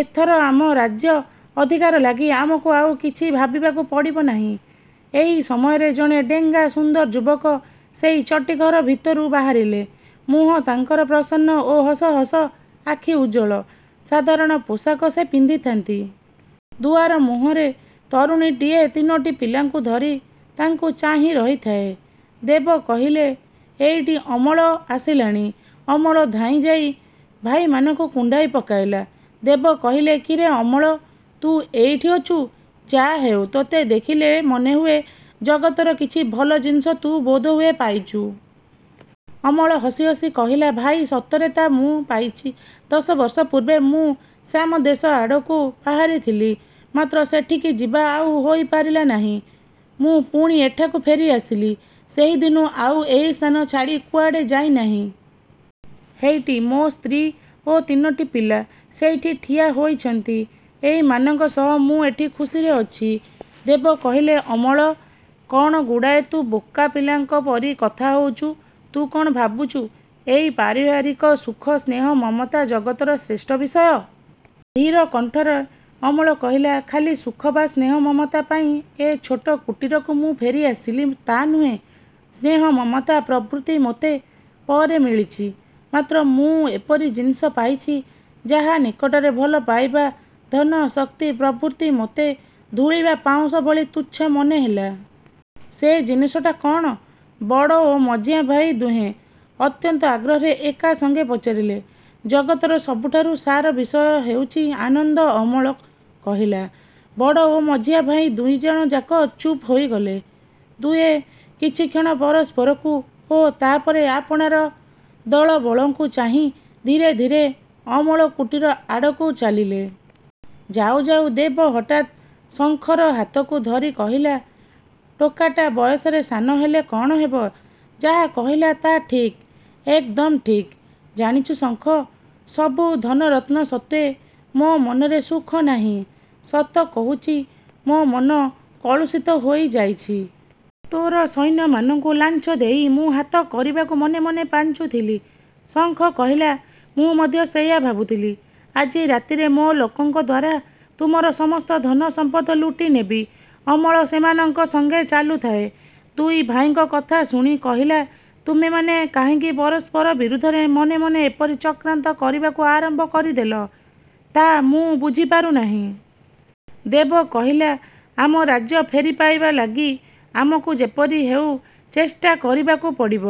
ଏଥର ଆମ ରାଜ୍ୟ ଅଧିକାର ଲାଗି ଆମକୁ ଆଉ କିଛି ଭାବିବାକୁ ପଡ଼ିବ ନାହିଁ। ଏହି ସମୟରେ ଜଣେ ଡେଙ୍ଗା ସୁନ୍ଦର ଯୁବକ ସେଇ ଚଟିଘର ଭିତରୁ ବାହାରିଲେ। ମୁହଁ ତାଙ୍କର ପ୍ରସନ୍ନ ଓ ହସ ହସ, ଆଖି ଉଜ୍ଜ୍ୱଳ। ସାଧାରଣ ପୋଷାକ ସେ ପିନ୍ଧିଥାନ୍ତି। ଦୁଆର ମୁହଁରେ ତରୁଣୀଟିଏ ତିନୋଟି ପିଲାଙ୍କୁ ଧରି ତାଙ୍କୁ ଚାହିଁ ରହିଥାଏ। ଦେବ କହିଲେ, ହେଇଟି ଅମଳ ଆସିଲାଣି। ଅମଳ ଧାଇଁ ଯାଇ ଭାଇମାନଙ୍କୁ କୁଣ୍ଢାଇ ପକାଇଲା। ଦେବ କହିଲେ, କିରେ ଅମଳ, ତୁ ଏଇଠି ଅଛୁ। ଯା ହେଉ, ତୋତେ ଦେଖିଲେ ମନେହୁଏ ଜଗତର କିଛି ଭଲ ଜିନିଷ ତୁ ବୋଧହୁଏ ପାଇଛୁ। ଅମଳ ହସି ହସି କହିଲା, ଭାଇ, ସତରେ ତା ମୁଁ ପାଇଛି। ଦଶ ବର୍ଷ ପୂର୍ବେ ମୁଁ ଶ୍ୟାମଦେଶ ଆଡ଼କୁ ବାହାରିଥିଲି; ମାତ୍ର ସେଠିକି ଯିବା ଆଉ ହୋଇପାରିଲା ନାହିଁ। ମୁଁ ପୁଣି ଏଠାକୁ ଫେରିଆସିଲି। ସେହିଦିନୁ ଆଉ ଏଇ ସ୍ଥାନ ଛାଡ଼ି କୁଆଡ଼େ ଯାଇନାହିଁ। ହେଇଟି, ମୋ ସ୍ତ୍ରୀ ଓ ତିନୋଟି ପିଲା ସେଇଠି ଠିଆ ହୋଇଛନ୍ତି। ଏଇମାନଙ୍କ ସହ ମୁଁ ଏଠି ଖୁସିରେ ଅଛି। ଦେବ କହିଲେ, ଅମଳ, କ'ଣ ଗୁଡ଼ାଏ ତୁ ବୋକା ପିଲାଙ୍କ ପରି କଥା କହୁଛୁ? ତୁ କ'ଣ ଭାବୁଛୁ ଏଇ ପାରିବାରିକ ସୁଖ, ସ୍ନେହ, ମମତା ଜଗତର ଶ୍ରେଷ୍ଠ ବିଷୟ। ଧୀର କଣ୍ଠରେ ଅମଳ କହିଲା, ଖାଲି ସୁଖ ବା ସ୍ନେହ ମମତା ପାଇଁ ଏଇ ଛୋଟ କୁଟିରକୁ ମୁଁ ଫେରିଆସିଲି ତା' ନୁହେଁ। ସ୍ନେହ, ମମତା ପ୍ରଭୃତି ମୋତେ ପରେ ମିଳିଛି; ମାତ୍ର ମୁଁ ଏପରି ଜିନିଷ ପାଇଛି, ଯାହା ନିକଟରେ ଭଲପାଇବା, ଧନ, ଶକ୍ତି ପ୍ରଭୃତି ମୋତେ ଧୂଳି ବା ପାଉଁଶ ଭଳି ତୁଚ୍ଛ ମନେହେଲା। ସେ ଜିନିଷଟା କ'ଣ? ବଡ଼ ଓ ମଝିଆଁ ଭାଇ ଦୁହେଁ ଅତ୍ୟନ୍ତ ଆଗ୍ରହରେ ଏକା ସଙ୍ଗେ ପଚାରିଲେ। ଜଗତର ସବୁଠାରୁ ସାର ବିଷୟ ହେଉଛି ଆନନ୍ଦ, ଅମଳ କହିଲା। ବଡ଼ ଓ ମଝିଆ ଭାଇ ଦୁଇଜଣ ଯାକ ଚୁପ୍ ହୋଇଗଲେ। ଦୁହେଁ କିଛିକ୍ଷଣ ପରସ୍ପରକୁ ଓ ତା'ପରେ ଆପଣାର ଦଳବଳଙ୍କୁ ଚାହିଁ ଧୀରେ ଧୀରେ ଅମଳ କୁଟୀର ଆଡ଼କୁ ଚାଲିଲେ। ଯାଉ ଯାଉ ଦେବ ହଠାତ୍ ଶଙ୍ଖର ହାତକୁ ଧରି କହିଲା, ଟୋକାଟା ବୟସରେ ସାନ ହେଲେ କ'ଣ ହେବ, ଯାହା କହିଲା ତା ଠିକ୍, ଏକଦମ୍ ଠିକ୍। ଜାଣିଛୁ ଶଙ୍ଖ, ସବୁ ଧନରତ୍ନ ସତ୍ତ୍ୱେ ମୋ ମନରେ ସୁଖ ନାହିଁ। ସତ କହୁଛି ମୋ ମନ କଳୁଷିତ ହୋଇଯାଇଛି। ତୋର ସୈନ୍ୟମାନଙ୍କୁ ଲାଞ୍ଚ ଦେଇ ମୁଁ ହାତ କରିବାକୁ ମନେ ମନେ ପାଞ୍ଚୁଥିଲି। ଶଙ୍ଖ କହିଲା, ମୁଁ ମଧ୍ୟ ସେଇଆ ଭାବୁଥିଲି। ଆଜି ରାତିରେ ମୋ ଲୋକଙ୍କ ଦ୍ୱାରା ତୁମର ସମସ୍ତ ଧନ ସମ୍ପଦ ଲୁଟିନେବି। ଅମଳ ସେମାନଙ୍କ ସଙ୍ଗେ ଚାଲୁଥାଏ। ଦୁଇ ଭାଇଙ୍କ କଥା ଶୁଣି କହିଲା, ତୁମେମାନେ କାହିଁକି ପରସ୍ପର ବିରୁଦ୍ଧରେ ମନେ ମନେ ଏପରି ଚକ୍ରାନ୍ତ କରିବାକୁ ଆରମ୍ଭ କରିଦେଲ ତା' ମୁଁ ବୁଝିପାରୁନାହିଁ। ଦେବ କହିଲା, ଆମ ରାଜ୍ୟ ଫେରି ପାଇବା ଲାଗି ଆମକୁ ଯେପରି ହେଉ ଚେଷ୍ଟା କରିବାକୁ ପଡ଼ିବ।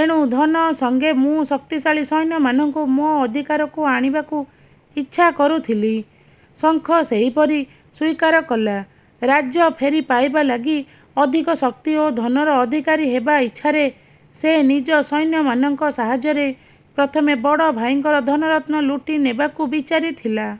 ଏଣୁ ଧନ ସଙ୍ଗେ ମୁଁ ଶକ୍ତିଶାଳୀ ସୈନ୍ୟମାନଙ୍କୁ ମୋ ଅଧିକାରକୁ ଆଣିବାକୁ ଇଚ୍ଛା କରୁଥିଲି। ଶଙ୍ଖ ସେହିପରି ସ୍ୱୀକାର କଲା, ରାଜ୍ୟ ଫେରି ପାଇବା ଲାଗି ଅଧିକ ଶକ୍ତି ଓ ଧନର ଅଧିକାରୀ ହେବା ଇଚ୍ଛାରେ ସେ ନିଜ ସୈନ୍ୟମାନଙ୍କ ସାହାଯ୍ୟରେ ପ୍ରଥମେ ବଡ଼ ଭାଇଙ୍କର ଧନରତ୍ନ ଲୁଟିନେବାକୁ ବିଚାରି ଥିଲା।